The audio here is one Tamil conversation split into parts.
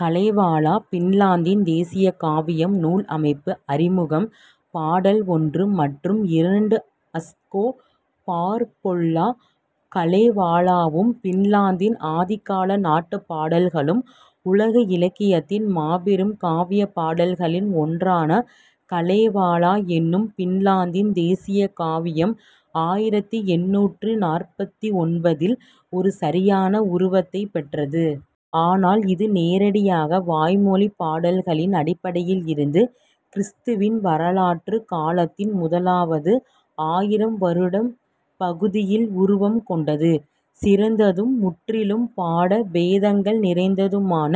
கலேவலா பின்லாந்தின் தேசிய காவியம் நூல் அமைப்பு அறிமுகம் பாடல் ஒன்று மற்றும் இரண்டு அஸ்கோ பார்பொலா கலேவலாவும் பின்லாந்தின் ஆதிகால நாட்டுப் பாடல்களும் உலக இலக்கியத்தின் மாபெரும் காவியப் பாடல்களில் ஒன்றான கலேவலா என்னும் பின்லாந்தின் தேசிய காவியம் ஆயிரத்து எண்ணூற்று நாற்பத்தொன்பதில் ஒரு சரியான உருவத்தைப் பெற்றது. ஆனால் இது நேரடியாக வாய்மொழிப் பாடல்களின் அடிப்படையிலிருந்து கிறிஸ்துவின் வரலாற்றுக் காலத்தின் முதலாவது ஆயிரம் வருடப் பகுதியில் உருவம் கொண்டது. சிறந்ததும் முற்றிலும் பாட பேதங்கள் நிறைந்ததுமான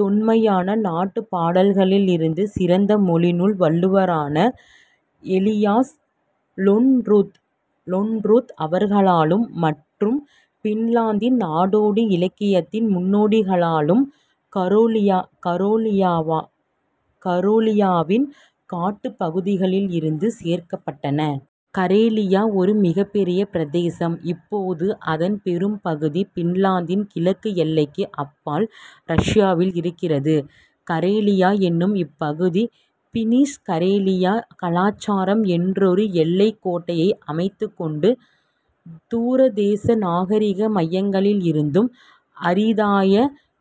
தொன்மையான நாட்டுப் பாடல்களிலிருந்து சிறந்த மொழிநூல் வல்லுநரான எலியாஸ் லொண்ரொத் அவர்களாலும் மற்றும் பின்லாந்தின் நாடோடி இலக்கியத்தின் முன்னோடிகளாலும் கரேலியாவின் காட்டுப் பகுதிகளிலிருந்து சேர்க்கப்பட்டன. கரேலியா ஒரு மிகப்பெரிய பிரதேசம். இப்போது அதன் பெரும்பகுதி பின்லாந்தின் கிழக்கு எல்லைக்கு அப்பால் ரஷ்யாவில் இருக்கிறது. கரேலியா என்னும் இப்பகுதி பின்னிஷ் கரேலியா கலாச்சாரம் என்றொரு எல்லைக்கோட்டை அமைத்துக் கொண்டு தூரதேச நாகரிக மையங்களிலிருந்தும் அரிதாய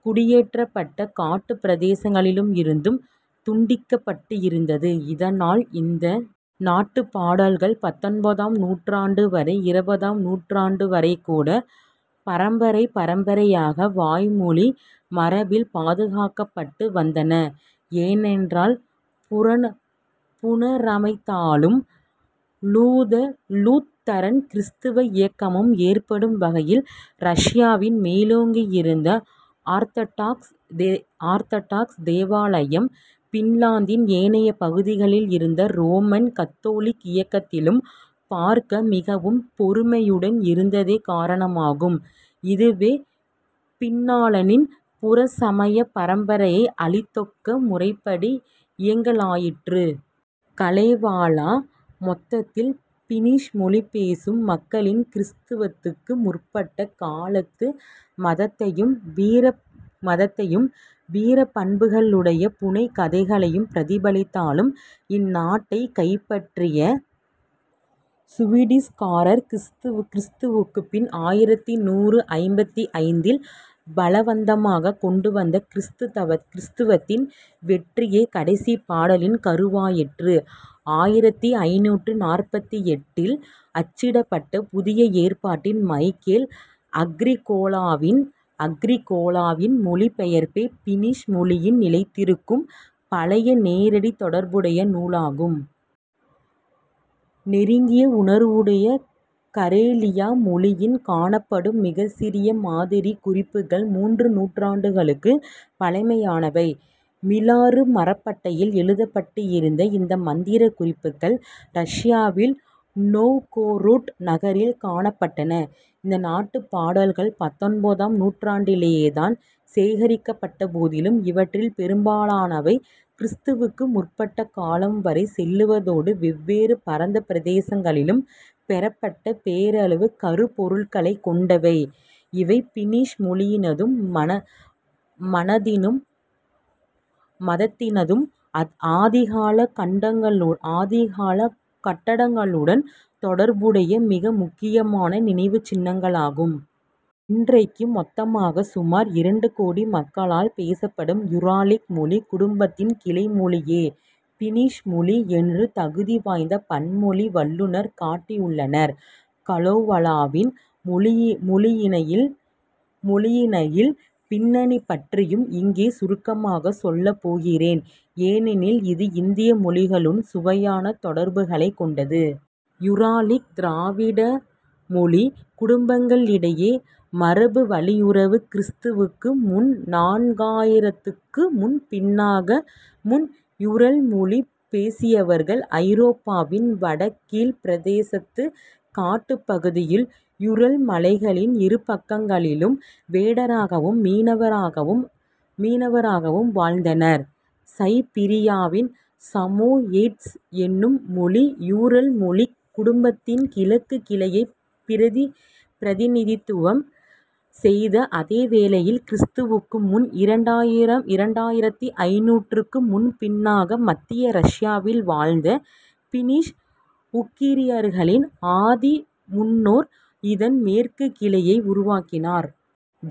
குடியேறப்பட்ட காட்டுப் பிரதேசங்களிலிருந்தும் துண்டிக்கப்பட்டிருந்தது. இதனால் இந்த நாட்டுப் பாடல்கள் பத்தொன்பதாம் நூற்றாண்டு வரை இருபதாம் நூற்றாண்டு வரைகூட பரம்பரை பரம்பரையாக வாய்மொழி மரபில் பாதுகாக்கப்பட்டு வந்தன ஏனென்றால் புனரமைத்தலும் லூத்தரன் கிறிஸ்தவ இயக்கமும் ஏற்படும் வரையில் ரஷ்யாவில் மேலோங்கியிருந்த ஆர்த்தடாக்ஸ் தேவாலயம் பின்லாந்தின் ஏனைய பகுதிகளில் இருந்த ரோமன் கத்தோலிக் இயக்கத்திலும் பார்க்க மிகவும் பொறுமையுடன் இருந்ததே காரணமாகும் இதுவே பின்னாளனின் புறச்சமயப் பரம்பரையை அழித்தொக்க முறைப்படி இயங்கலாயிற்று. கலேவலா மொத்தத்தில் பின்னிஷ் மொழி பேசும் மக்களின் கிறிஸ்துவதுக்கு முற்பட்ட காலத்து மதத்தையும் வீரப்பண்புகளுடைய புனைகதைகளையும் பிரதிபலித்தாலும் இந்நாட்டைக் கைப்பற்றிய சுவீடிஷ்க்காரர் கிறிஸ்துவுக்குப் பின் ஆயிரத்து நூறு ஐம்பத்தைந்தில் பலவந்தமாகக் கொண்டுவந்த கிறிஸ்தவத்தின் வெற்றியே கடைசிப் பாடலின் கருவாயிற்று. ஆயிரத்து ஐந்நூற்று நாற்பத்தெட்டில் அச்சிடப்பட்ட புதிய ஏற்பாட்டின் மைக்கேல் அகிரிகோலாவின் மொழிபெயர்ப்பே பின்னிஷ் மொழியில் நிலைத்திருக்கும் பழைய நேரடித் தொடர்புடைய நூலாகும். நெருங்கிய உணர்வுடைய கரேலிய மொழியில் காணப்படும் மிகச்சிறிய மாதிரிக் குறிப்புகள் மூன்று நூற்றாண்டுகளுக்கு பழமையானவை. மிலாறு மரப்பட்டையில் எழுதப்பட்டிருந்த இந்த மந்திரக் குறிப்புகள் ரஷ்யாவில் நோவ்கோரோட் நகரில் காணப்பட்டன. இந்த நாட்டுப் பாடல்கள் பத்தொன்பதாம் நூற்றாண்டிலேதான் சேகரிக்கப்பட்ட போதிலும் இவற்றில் பெரும்பாலானவை கிறிஸ்துவுக்கு முற்பட்ட காலம் வரை செல்லுவதோடு வெவ்வேறு பரந்த பிரதேசங்களிலும் பெறப்பட்ட பேரளவு கருப்பொருள்களைக் கொண்டவை இவை பின்னிஷ் மொழியினதும் மதத்தினதும் ஆதிகால கட்டங்களுடன் தொடர்புடைய மிக முக்கியமான நினைவுச் சின்னங்களாகும். இன்றைக்கு மொத்தமாகச் சுமார் இரண்டு கோடி மக்களால் பேசப்படும் யூராலிக் மொழிக் குடும்பத்தின் கிளைமொழியே பின்னிஷ் மொழி என்று தகுதி வாய்ந்த பன்மொழி வல்லுநர் காட்டியுள்ளனர். கலோவலாவின் மொழியியலின் பின்னணி பற்றியும் இங்கே சுருக்கமாகச் சொல்லப் போகிறேன் ஏனெனில் இது இந்திய மொழிகளும் சுவையான தொடர்புகளைக் கொண்டது. யூராலிக் திராவிட மொழிக் குடும்பங்களிடையே மரபுவழியுறவு கிறிஸ்துவுக்கு முன் நான்காயிரத்துக்கு முன்பின்னாக முன் யூரல் மொழி பேசியவர்கள் ஐரோப்பாவின் வடகீழ்ப் பிரதேசத்துக் காட்டுப் பகுதிகளில் யூரல் மலைகளின் இரு பக்கங்களிலும் வேடராகவும் மீனவராகவும் வாழ்ந்தனர். சைபீரியாவின் சமோயெட்ஸ் என்னும் மொழி யூரல் மொழிக் குடும்பத்தின் கிழக்குக் கிளையைப் பிரதிநிதித்துவம் செய்த அதே வேளையில் கிறிஸ்துவுக்கு முன் இரண்டாயிரத்து ஐந்நூற்றுக்கு முன்பின்னாக மத்திய ரஷ்யாவில் வாழ்ந்த பின்னிஷ் உகிரியர்களின் ஆதிமுன்னோர் இதன் மேற்குக் கிளையை உருவாக்கினர்.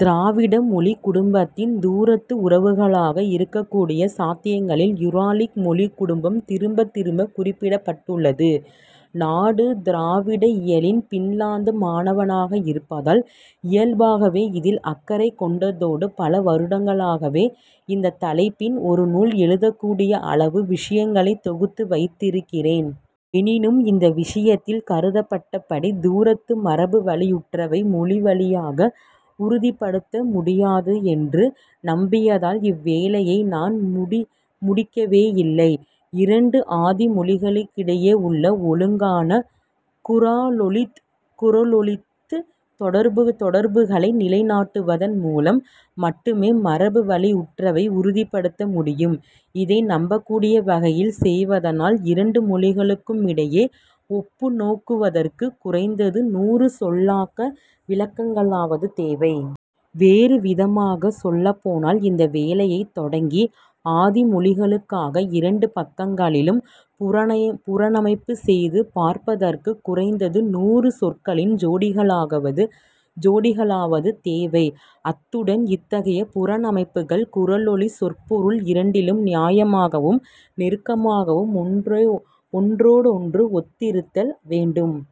திராவிட மொழிக் குடும்பத்தின் தூரத்து உறவுகளாக இருக்கக்கூடிய சாத்தியங்களில் யூராலிக் மொழிக் குடும்பம் திரும்பத் திரும்பக் குறிப்பிடப்பட்டுள்ளது. நாடு திராவிட இயலின் பின்லாந்து மாணவனாக இருப்பதால் இயல்பாகவே இதில் அக்கறை கொண்டதோடு பல வருடங்களாகவே இந்தத் தலைப்பின் ஒரு நூல் எழுதக்கூடிய அளவு விஷயங்களைத் தொகுத்து வைத்திருக்கிறேன். எனினும் இந்த விஷயத்தில் கருதப்பட்டபடி தூரத்து மரபுவழியுற்றவை மொழி வழியாக உறுதிப்படுத்த முடியாது என்று நம்பியதால் இவ்வேலையை நான் முடிக்கவேயில்லை. இரண்டு ஆதி மொழிகளுக்கிடையே உள்ள ஒழுங்கான குரலொலித் தொடர்புகளை நிலைநாட்டுவதன் மூலம் மட்டுமே மரபுவழியுற்றவை உறுதிப்படுத்த முடியும். இதை நம்பக்கூடிய வகையில் செய்வதனால் இரண்டு மொழிகளுக்குமிடையே ஒப்புநோக்குவதற்குக் குறைந்தது நூறு சொல்லாக்க விளக்கங்களாவது தேவை. வேறு விதமாகச் சொல்லப் போனால் இந்த வேலையைத் தொடங்கி ஆதி மொழிகளுக்காக இரண்டு பக்கங்களிலும் புனரமைப்புச் செய்து பார்ப்பதற்குக் குறைந்தது நூறு சொற்களின் ஜோடிகளாவது தேவை அத்துடன் இத்தகைய புரனமைப்புகள் குரலொலி சொற்பொருள் இரண்டிலும் நியாயமாகவும் நெருக்கமாகவும் ஒன்றோடொன்று ஒத்திருத்தல் வேண்டும்.